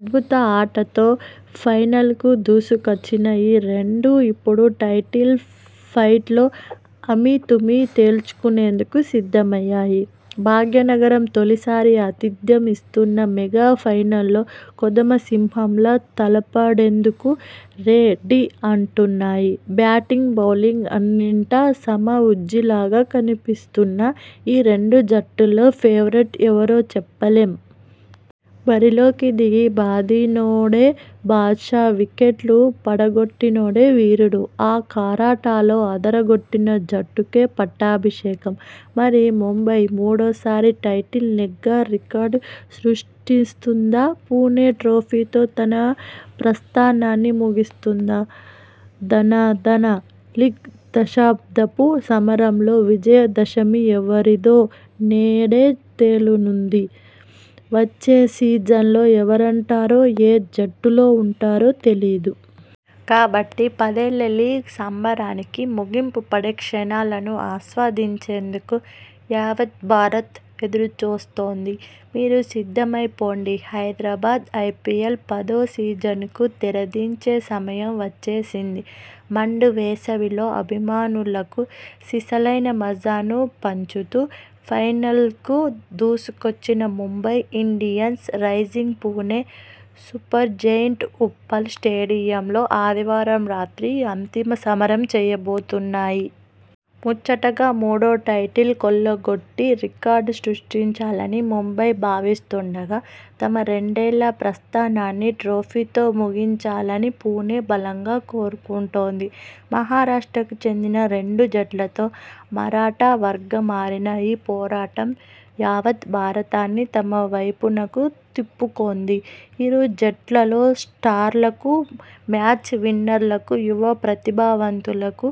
అద్భుత ఆటతో ఫైనల్కు దూసుకొచ్చిన ఈ రెండూ ఇప్పుడు టైటిల్ ఫైట్లో అమీతుమీ తేల్చుకునేందుకు సిద్ధమయ్యాయి! భాగ్యనగరం తొలి సారి ఆతిథ్యం ఇస్తున్న మెగా ఫైనల్లో కొదమసింహాల్లా తలపడేందుకు రె'ఢీ' అంటున్నాయి! బ్యాటింగ్ బౌలింగ్ అన్నింటా సమ ఉజ్జీలుగా కనిపిస్తున్న ఈ రెండు జట్లలో ఫేవరెట్ ఎవరో చెప్పలేం! బరిలోకి దిగి బాదినోడే బాద్షా వికెట్లు పడగొట్టినోడే వీరుడు ఆఖరాటలో అదరగొట్టిన జట్టుకే పట్టాభిషేకం! మరి, ముంబై మూడోసారి టైటిల్ నెగ్గి రికార్డు సృష్టిస్తుందా పుణె ట్రోఫీతో తన ప్రస్థానాన్ని ముగిస్తుందా! ధనాధన లీగ్ దశాబ్దపు సమరంలో విజయ 'దశ'మి ఎవరిదో నేడే తేలనుంది! వచ్చే సీజన్లో ఎవరుంటారో ఏ జట్టులో ఉంటారో తెలీదు. కాబట్టి పదేళ్ల లీగ్ సంబరానికి ముగింపు పడే క్షణాలను ఆస్వాదించేందుకు యావత్ భారత్ ఎదురుచూస్తోంది! మీరూ సిద్ధమైపోండి! హైదరాబాద్ ఐపీఎల్ పదో సీజనకు తెరదించే సమయం వచ్చేసింది. మండు వేసవిలో అభిమానులకు సిసలైన మజాను పంచుతూ ఫైనల్కు దూసుకొచ్చిన Mumbai Indians, Rising Pune Supergiant Uppal స్టేడియంలో ఆదివారం రాత్రి అంతిమ సమరం చేయబోతున్నాయి. ముచ్చటగా మూడో టైటిల్ కొల్లగొట్టి రికార్డు సృష్టించాలని ముంబై భావిస్తుండగా తమ రెండేళ్ల ప్రస్థానాన్ని ట్రోఫీతో ముగించాలని పుణె బలంగా కోరుకుంటోంది. మహారాష్ట్రకు చెందిన రెండు జట్లతో మరాఠా వార్గా మారిన ఈ పోరాటం యావత్ భారతాన్ని తమ వైపునకు తిప్పుకొంది. ఇరు జట్లలో స్టార్లకు, మ్యాచ్ విన్నర్లకు, యువ ప్రతిభావంతులకు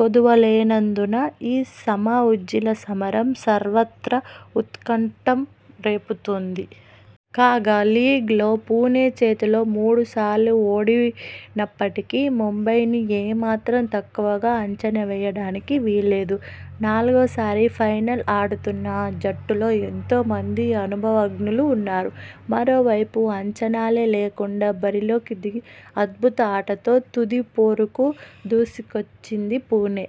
కొదువలేనందున ఈ సమ ఉజ్జీల సమరం సర్వత్రా ఉత్కంఠ రేపుతోంది. కాగా లీగ్లో పుణె చేతిలో మూడుసార్లు ఓడినప్పటికీ ముంబైని ఏ మాత్రం తక్కువగా అంచనా వేయడానికి వీల్లేదు. నాలుగోసారి ఫైనల్ ఆడుతున్న ఆ జట్టులో ఎంతో మంది అనుభవజ్ఞులు ఉన్నారు. మరో వైపు అంచనాలే లేకుండా బరిలోకి దిగి అద్భుత ఆటతో తుదిపోరుకు దూసుకొచ్చింది పుణె.